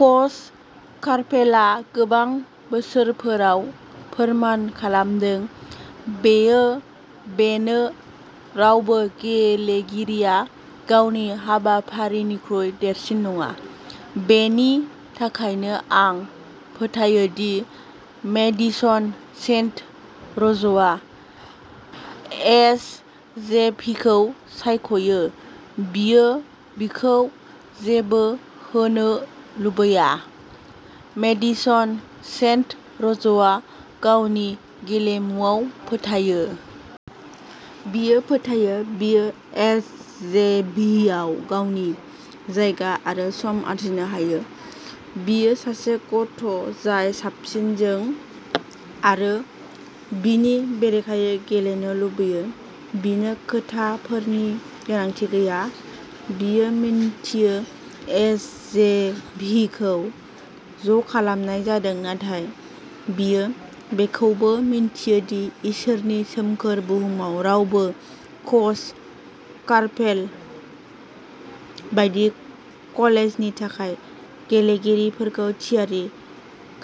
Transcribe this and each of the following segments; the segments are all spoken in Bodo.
कच कार्पेलआ गोबां बोसोरफोराव फोरमान खालामदों बेयो बेनो, रावबो गेलेगिरिया गावनि हाबाफारिनिख्रुइ देरसिन नङा। बेनि थाखायनो आं फोथायो दि मेडिसन सेन्ट र'जआ एसजेभिखौ सायख'यो। बियो बिखौ जेबो होनो लुबैया। मेडिसन सेन्ट र'जआ गावनि गेलेमुआव फोथायो। बियो फोथायो, बियो एसजेभिआव गावनि जायगा आरो सम आरजिनो हायो। बियो सासे गथ'जाय साबसिनजों आरो बिनि बेरेखायै गेलेनो लुबैयो। बिनो खोथाफोरनि गोनांथि गैया, बियो मिन्थियो एसजेभिखौ ज'खालामनाय जादों, नाथाय बियो बेखौबो मिन्थियो दि इसोरनि सोमखोर बुहुमाव रावबो कच कार्पेल बायदि कलेजनि थाखाय गेलेगिरिफोरखौ थियारि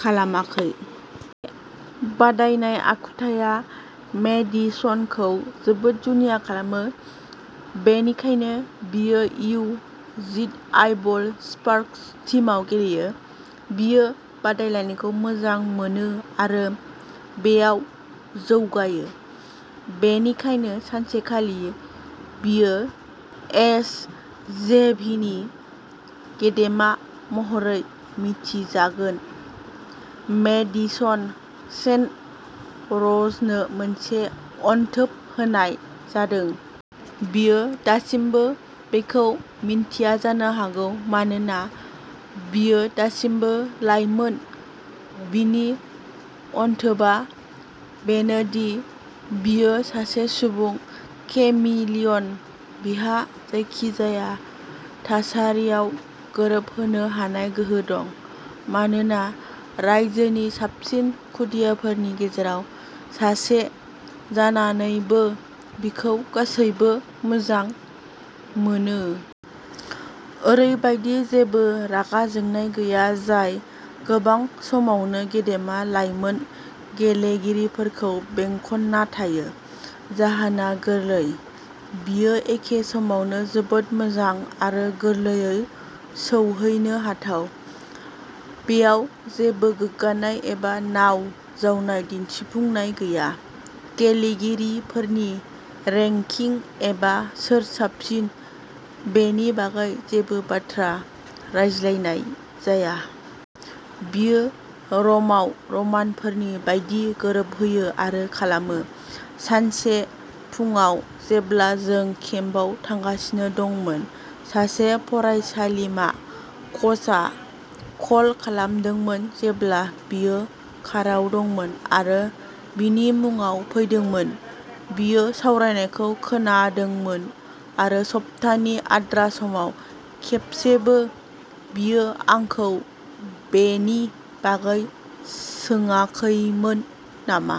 खालामाखै। बे बादायनाय आखुथाइया मेडिसनखौ जोबोद जुनिया खालामो। बेनिखायनो बियो इउ जिद' आइब्ल स्पार्क्स टीमआव गेलेयो। बियो बादायलायनायखौ मोजां मोनो आरो बेयाव जौगायो। बेनिखायनो सानसेखालि बियो एसजेभिनि गेदेमा महरै मिथिजागोन। मेडिसन सेन्ट र'जनो मोनसे अनथोब होनाय जादों। बियो दासिमबो बेखौ मिन्थिया जानो हागौ मानोना बियो दासिमबो लाइमोन। बिनि अनथोबआ बेनो दि बियो सासे सुबुं केमिलियन। बिहा जायखिजाया थासारियाव गोरोबहोनो हानाय गोहो दं। मानोना रायजोनि साबसिन खुदियाफोरनि गेजेराव सासे जानानैबो, बिखौ गासैबो मोजां मोनो। ओरैबायदि जेबो रागा जोंनाय गैया जाय गोबां समावनो गेदेमा लाइमोन गेलेगिरिफोरखौ बेंखनना थायो। जाहोना गोरलै, बियो एखे समावनो जोबोद मोजां आरो गोरलैयै सौहैनो हाथाव। बेयाव जेबो गोग्गानाय एबा नाव जावनाय दिन्थिफुंनाय गैया। गेलेगिरिफोरनि रेंकिं एबा सोर साबसिन बेनि बागै जेबो बाथ्रा रायज्लायनाय जाया। बियो र'मआव रमानफोरनि बायदि गोरोबहोयो आरो खालामो। सानसे फुंआव जेब्ला जों केम्पआव थांगासिनो दंमोन। सासे फरायसालिमा कचआ कल खालामदोंमोन जेब्ला बियो काराव दंमोन आरो बिनि मुङा फैदोंमोन। बियो सावरायनायखौ खोनादोंमोन आरो सप्तानि आद्रा समाव खेबसेबो, बियो आंखौ बेनि बागै सोङाखैमोन नामा।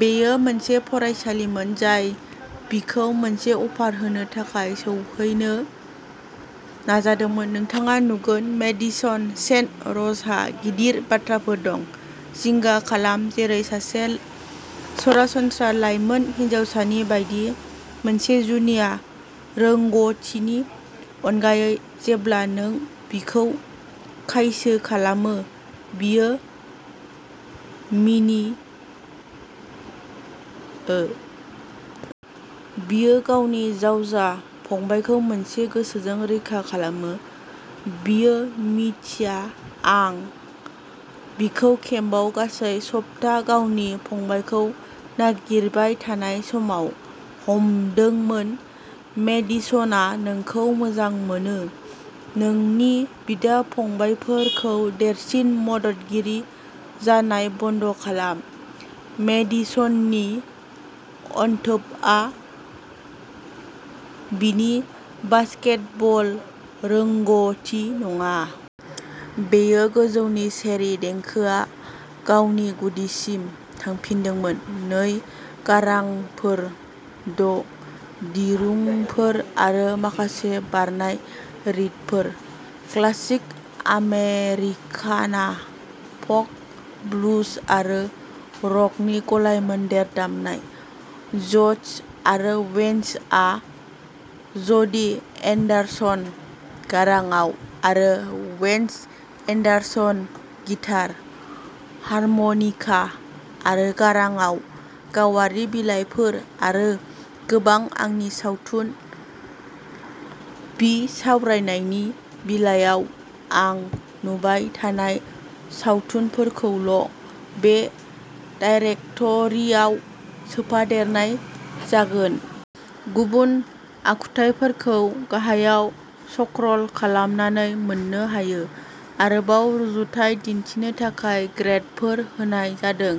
बेयो मोनसे फरायसालिमोन जाय बिखौ मोनसे अफार होनो थाखाय सौहैनो नाजादोंमोन। नोंथाङा नुगोन मेडिसन सेन्ट र'जहा गिदिर बाथ्राफोर दं। जिंगा खालाम जेरै सासे सरासनस्रा लाइमोन हिनजावसानि बायदि, मोनसे जुनिया रोंग'थिनि अनगायै। जेब्ला नों बिखौ खायसो खालामो, बियो मिनिओ। बियो गावनि जावजा फंबायखौ मोनसे गोसोजों रैखा खालामो, बियो मिथिया, आं बिखौ केम्पआव गासै सप्ता गावनि फंबायखौ नागिरबाय थानाय समाव हमदोंमोन। मेडिसन आं नोंखौ मोजां मोनो। नोंनि बिदा-फंबायफोरखौ देरसिन मददगिरि जानाय बन्द'खालाम। मेडिसननि अनथोबआ बिनि बास्केटबल रोंग'थि नङा। बेयो गोजौनि चेरि। देंखोआ गावनि गुदिसिम थांफिनदोंमोन नै गारांफोर द' दिरुंफोर आरो माखासे बारनाय रिडफोर। क्लासिक आमेरिकाना फ'क, ब्लुज आरो रकनि गलायमोन्देर दामनाय। ज'डस आरो वेन्सआ ज'डि एन्डारसन, गारांआव, आरो वेन्स एन्डारसन गिटार, हारमनिका आरो गारांआव गावारि बिलाइफोर आरो गोबां आंनि सावथुन बिसावरायनायनि बिलाइयाव आं नुबाय थानाय सावथुनफोरखौल'बे दाइरेक्ट'रिआव सोफादेरनाय जागोन। गुबुन आखुथायफोरखौ गाहायाव सक्रल खालामनानै मोननो हायो। आरोबाव रुजुथाय दिन्थिनो थाखाय ग्रेदफोर होनाय जादों।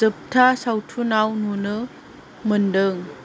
जोबथा सावथुनआव नुनो मोनदों।